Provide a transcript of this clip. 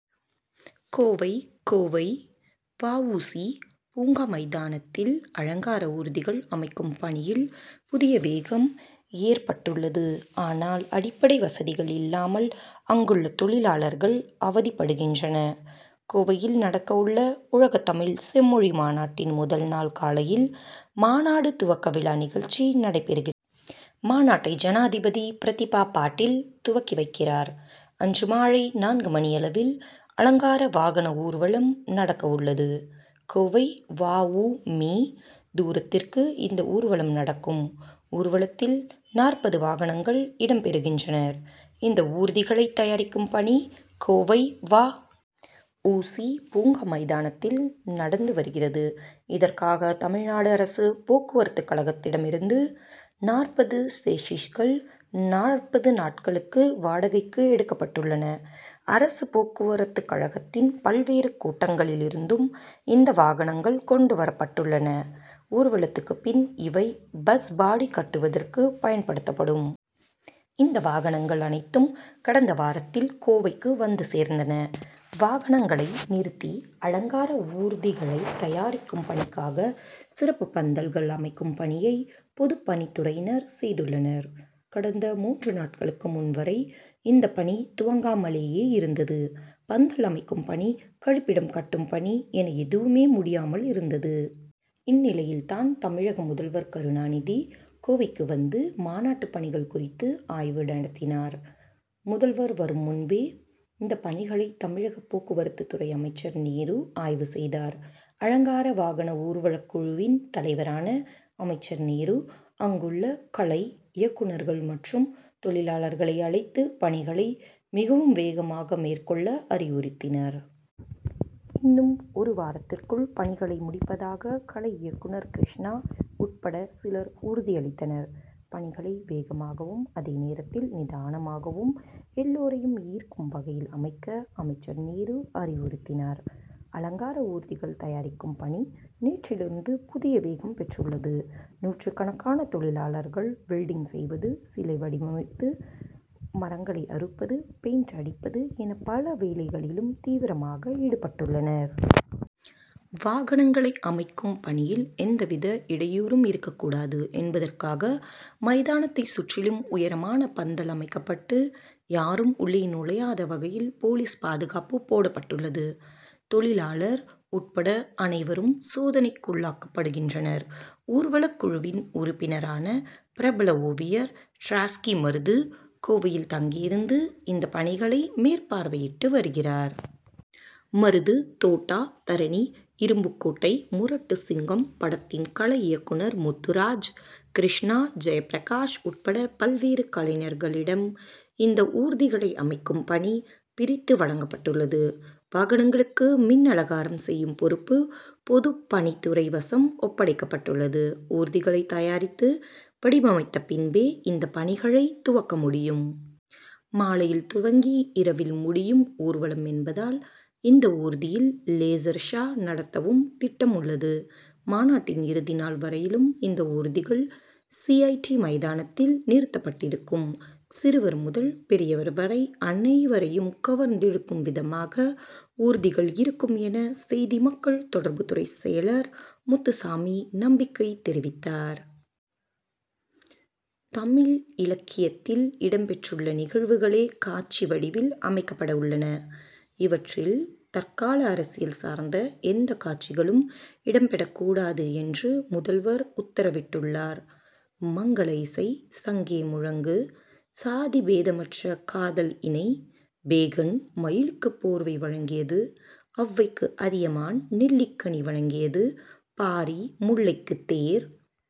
கோவை கோவை வ. உ. சி., பூங்கா மைதானத்தில், அலங்கார ஊர்திகள் அமைக்கும் பணியில் புதிய வேகம் ஏற்பட்டுள்ளது ஆனால், அடிப்படை வசதிகள் இல்லாமல் அங்குள்ள தொழிலாளர்கள் அவதிப்படுகின்றனர். கோவையில் நடக்கவுள்ள உலகத்தமிழ் செம்மொழி மாநாட்டின் முதல் நாள் காலையில் மாநாடு துவக்க விழா நிகழ்ச்சி நடக்கிறது. மாநாட்டை ஜனாதிபதி பிரதிபா பாட்டீல் துவக்கி வைக்கிறார். அன்று மாலை நான்கு மணியளவில், அலங்கார வாகன ஊர்வலம் நடக்கவுள்ளது. கோவை வ. உ. மீ., தூரத்துக்கு இந்த ஊர்வலம் நடக்கும். ஊர்வலத்தில், நாற்பது வாகனங்கள் இடம் பெறுகின்றன. இந்த ஊர்திகளைத் தயாரிக்கும் பணி, கோவை வ. உ. சி., பூங்கா மைதானத்தில் நடந்து வருகிறது. இதற்காக, தமிழ்நாடு அரசு போக்குவரத்துக்கழகத்திடமிருந்து நாற்பது சேஸீஸ்கள், நாற்பது நாட்களுக்கு வாடகைக்கு எடுக்கப்பட்டுள்ளன. அரசு போக்குவரத்துக்கழகத்தின் பல்வேறு கோட்டங்களில் இருந்தும், இந்த வாகனங்கள் கொண்டு வரப்பட்டுள்ளன. ஊர்வலத்துக்குப் பின், இவை பஸ் பாடி' கட்டுவதற்கு பயன் படுத்தப்படும். இந்த வாகனங்கள் அனைத்தும், கடந்த வாரத்தில் கோவைக்கு வந்து சேர்ந்தன. வாகனங்களை நிறுத்தி, அலங்கார ஊர்திகளைத்தயாரிக்கும் பணிக்காக சிறப்புப் பந்தல்கள் அமைக்கும் பணியை, பொதுப்பணித்துறையினர் செய்துள்ளனர். கடந்த மூன்று நாட்களுக்கு முன் வரை, இந்தப் பணி துவங்காமலே இருந்தது. பந்தல் அமைக்கும் பணி, கழிப்பிடம் கட்டும் பணி என எதுவுமே முடியாமல் இருந்தது. இந்நிலையில்தான் தமிழக முதல்வர் கருணாநிதி, கோவைக்கு வந்து, மாநாட்டுப் பணிகள் குறித்து ஆய்வு நடத்தினார். முதல்வர் வரும் முன்பே, இந்த பணிகளை தமிழக போக்குவரத்துத்துறை அமைச்சர் நேரு ஆய்வு செய்தார். அலங்கார வாகன ஊர்வலக் குழுவின் தலைவரான அமைச்சர் நேரு, அங்குள்ள கலை இயக்குனர்கள் மற்றும் தொழிலாளர்களை அழைத்து, பணிகளை மிகவும் வேகமாக மேற்கொள்ள அறிவுறுத்தினார். இன்னும் ஒரு வாரத்துக்குள் பணிகளை முடிப்பதாக கலை இயக்குனர் கிருஷ்ணா உட்பட சிலர் உறுதி அளித்தனர். பணிகளை வேகமாகவும், அதே நேரத்தில் நிதானமாகவும் எல்லோரையும் ஈர்க்கும் வகையில் அமைக்க அமைச்சர் நேரு அறிவுறுத்தினார். அலங்கார ஊர்திகள் தயாரிக்கும் பணி, நேற்றிலிருந்து புதிய வேகம் பெற்றுள்ளது. நூற்றுக்கணக்கான தொழிலாளர்கள், வெல்டிங் செய்வது, சிலை வடிவமைப்பது, மரங்களை அறுப்பது, பெயின்ட் அடிப்பது என பல வேலைகளிலும் தீவிரமாக ஈடுபட்டுள்ளனர். வாகனங்களை அமைக்கும் பணியில், எந்தவித இடையூறும் இருக்கக்கூடாது என்பதற்காக மைதானத்தைச் சுற்றிலும் உயரமான பந்தல் அமைக்கப்பட்டு, யாரும் உள்ளே நுழையாத வகையில் போலீஸ் பாதுகாப்பு போடப்பட்டுள்ளது. தொழிலாளர் உட்பட அனைவரும் சோதனைக்குள்ளாக்கப்படுகின்றனர். ஊர்வலக் குழுவின் உறுப்பினரான பிரபல ஓவியர் டிராட்ஸ்கி மருது, கோவையில் தங்கியிருந்து இந்தப் பணிகளை மேற்பார்வையிட்டு வருகிறார். மருது, தோட்டா தரணி, இரும்புக்கோட்டை முரட்டு சிங்கம் படத்தின் கலை இயக்குனர் முத்துராஜ், கிருஷ்ணா, ஜெயப்பிரகாஷ் உட்பட பல்வேறு கலைஞர்களிடம் இந்த ஊர்திகளை அமைக்கும் பணி, பிரித்து வழங்கப்பட்டுள்ளது. வாகனங்களுக்கு மின் அலங்காரம் செய்யும் பொறுப்பு, பொதுப்பணித்துறை வசம் ஒப்படைக்கப்பட்டுள்ளது. ஊர்திகளைத் தயாரித்து வடிவமைத்தபின்பே, இந்த பணிகளைத் துவக்க முடியும். மாலையில் துவங்கி இரவில் முடியும் ஊர்வலம் என்பதால், இந்த ஊர்தியில் லேசர் ஷா' நடத்தவும் திட்டம் உள்ளது. மாநாட்டின் இறுதி நாள் வரையிலும் இந்த ஊர்திகள், சி. ஐ. டி.,மைதானத்தில் நிறுத்தப்பட்டிருக்கும். சிறுவர் முதல் பெரியவர் வரை அனைவரையும் கவர்ந் திழுக்கும் விதமாக, ஊர்திகள் இருக்கும் என, செய்தி மக்கள் தொடர்புத்துறை செயலர் முத்துச்சாமி நம்பிக்கை தெரிவித்தார். தமிழ் இலக்கியத்தில் இடம் பெற்றுள்ள நிகழ்வுகளே, காட்சி வடிவில் அமைக்கப்படவுள்ளன. இவற்றில், தற்கால அரசியல் சார்ந்த எந்தக் காட்சிகளும் இடம் பெறக்கூடாது என்று முதல்வர் உத்தரவிட்டுள்ளார். மங்கள இசை, சங்கே முழங்கு, சாதிபேதமற்ற காதல் இணை, பேகன் மயிலுக்கு போர்வை வழங்கியது, அவ்வைக்கு அதியமான் நெல்லிக்கனி வழங்கியது, பாரி முல்லைக்கு தேர்